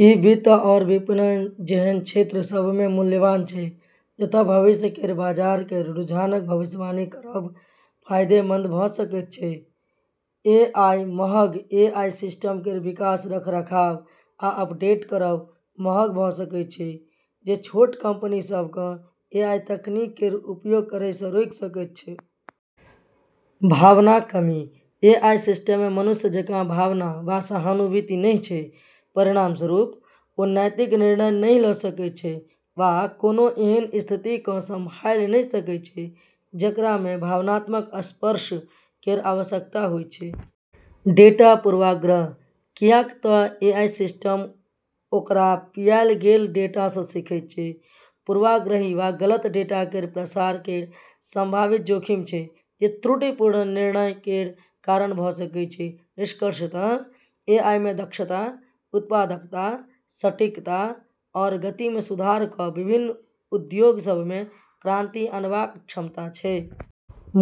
ई वित्त आओर विपणन जेहन क्षेत्र सभमे मूल्यवान छै, जतए भविष्य केर बाजार केर रुझानक भविष्यवाणी करब फायदेमंद भऽ सकैत छै। ए.आई. महग: एआई सिस्टम केर विकास, रखरखाव आ अपडेट करब महग भऽ सकैत छै, जे छोट कंपनी सभकेँ एआई तकनीक केर उपयोग करैसँ रोकि सकैत छै। भावनाक कमी: एआई सिस्टममे मनुष्य जकाँ भावना वा सहानुभूति नहि छै। परिणामस्वरूप, ओ नैतिक निर्णय नहि लऽ सकैत छै वा कोनो एहन स्थितिकेँ सम्हालि नहि सकैत छै, जेकरामे भावनात्मक स्पर्श केर आवश्यकता होइत छै। डेटा पूर्वाग्रह: किऐक तऽ एआई सिस्टम ओकरा पियाएल गेल डेटासँ सीखैत छै, पूर्वाग्रही वा गलत डेटा केर प्रसार केर संभावित जोखिम छै, जे त्रुटिपूर्ण निर्णय केर कारण भऽ सकैत छै। निष्कर्षतः एआईमे दक्षता, उत्पादकता, सटीकता, आओर गतिमे सुधार कऽ विभिन्न उद्योग सभमे क्रांति आनबाक क्षमता छै।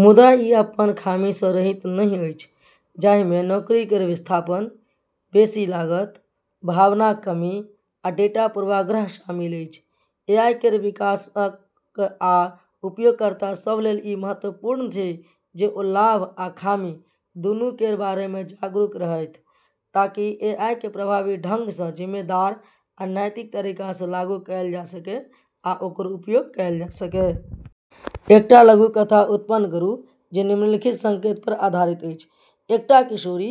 मुदा, ई अपन खामीसँ रहित नहि अछि, जाहिमे नौकरी केर विस्थापन, बेसी लागत, भावनाक कमी, आ डेटा पूर्वाग्रह शामिल अछि। एआई केर विकासक आ उपयोगकर्ता सभ लेल ई महत्वपूर्ण छै जे ओ लाभ आ खामी दूनू केर बारेमे जागरूक रहथि, ताकि एआईकेँ प्रभावी ढंगसँ जिम्मेदार आ नैतिक तरीकासँ लागू कएल जा सकए आ ओकर उपयोग कएल जा सकए। एकटा लघुकथा उत्पन्न करू जे निम्नलिखित संकेतपर आधारित अछि - एकटा किशोरी,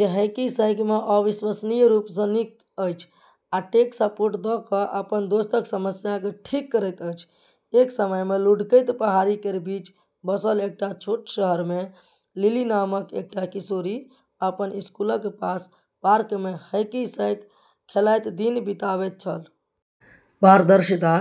जे हैकी-सैकमे अविश्वसनीय रूपसँ नीक अछि आ टेक सपोर्ट दऽ कऽ अपन दोस्तक समस्याकेँ ठीक करैत अछि। एक समयमे लुढ़कैत पहाड़ी केर बीच बसल एकटा छोट शहरमे लिली नामक एकटा किशोरी अपन स्कूलक पास पार्कमे हैकी-सैक खेलैत दिन बिताबैत छल। पारदर्शिता,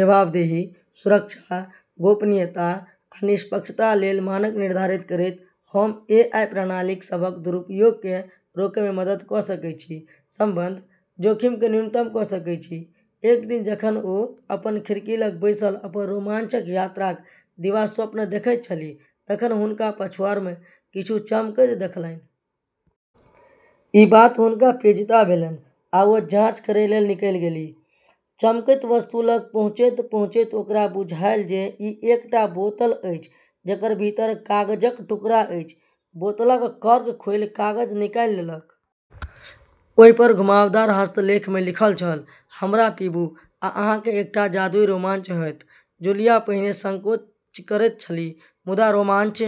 जवाबदेही, सुरक्षा, गोपनीयता, आ निष्पक्षता लेल मानक निर्धारित करैत, हम एआई प्रणाली सभक दुरुपयोगकेँ रोकैमे मदद कऽ सकैत छी, सम्बद्ध जोखिमकेँ न्यूनतम कऽ सकैत छी। एक दिन जखन ओ अपन खिड़की लग बैसल अपन रोमांचक यात्राक दिवास्वप्न देखैत छलीह तखन हुनका पछुआड़मे किछु चमकैत देखलनि। ई बात हुनका पेचीदा भेलनि आ ओ जांच करै लेल निकलि गेलीह। चमकैत वस्तु लग पहुँचैत-पहुँचैत ओकरा बुझायल जे ई एकटा बोतल अछि जकर भीतर कागजक टुकड़ा अछि। बोतलक कॉर्क खोलि कागज निकालि लेलक। ओहिपर घुमावदार हस्तलेखमे लिखल छल, "हमरा पीबू आ अहाँकेँ एकटा जादुई रोमांच होयत।" जूलिया पहिने संकोच करैत छलीह, मुदा रोमांच।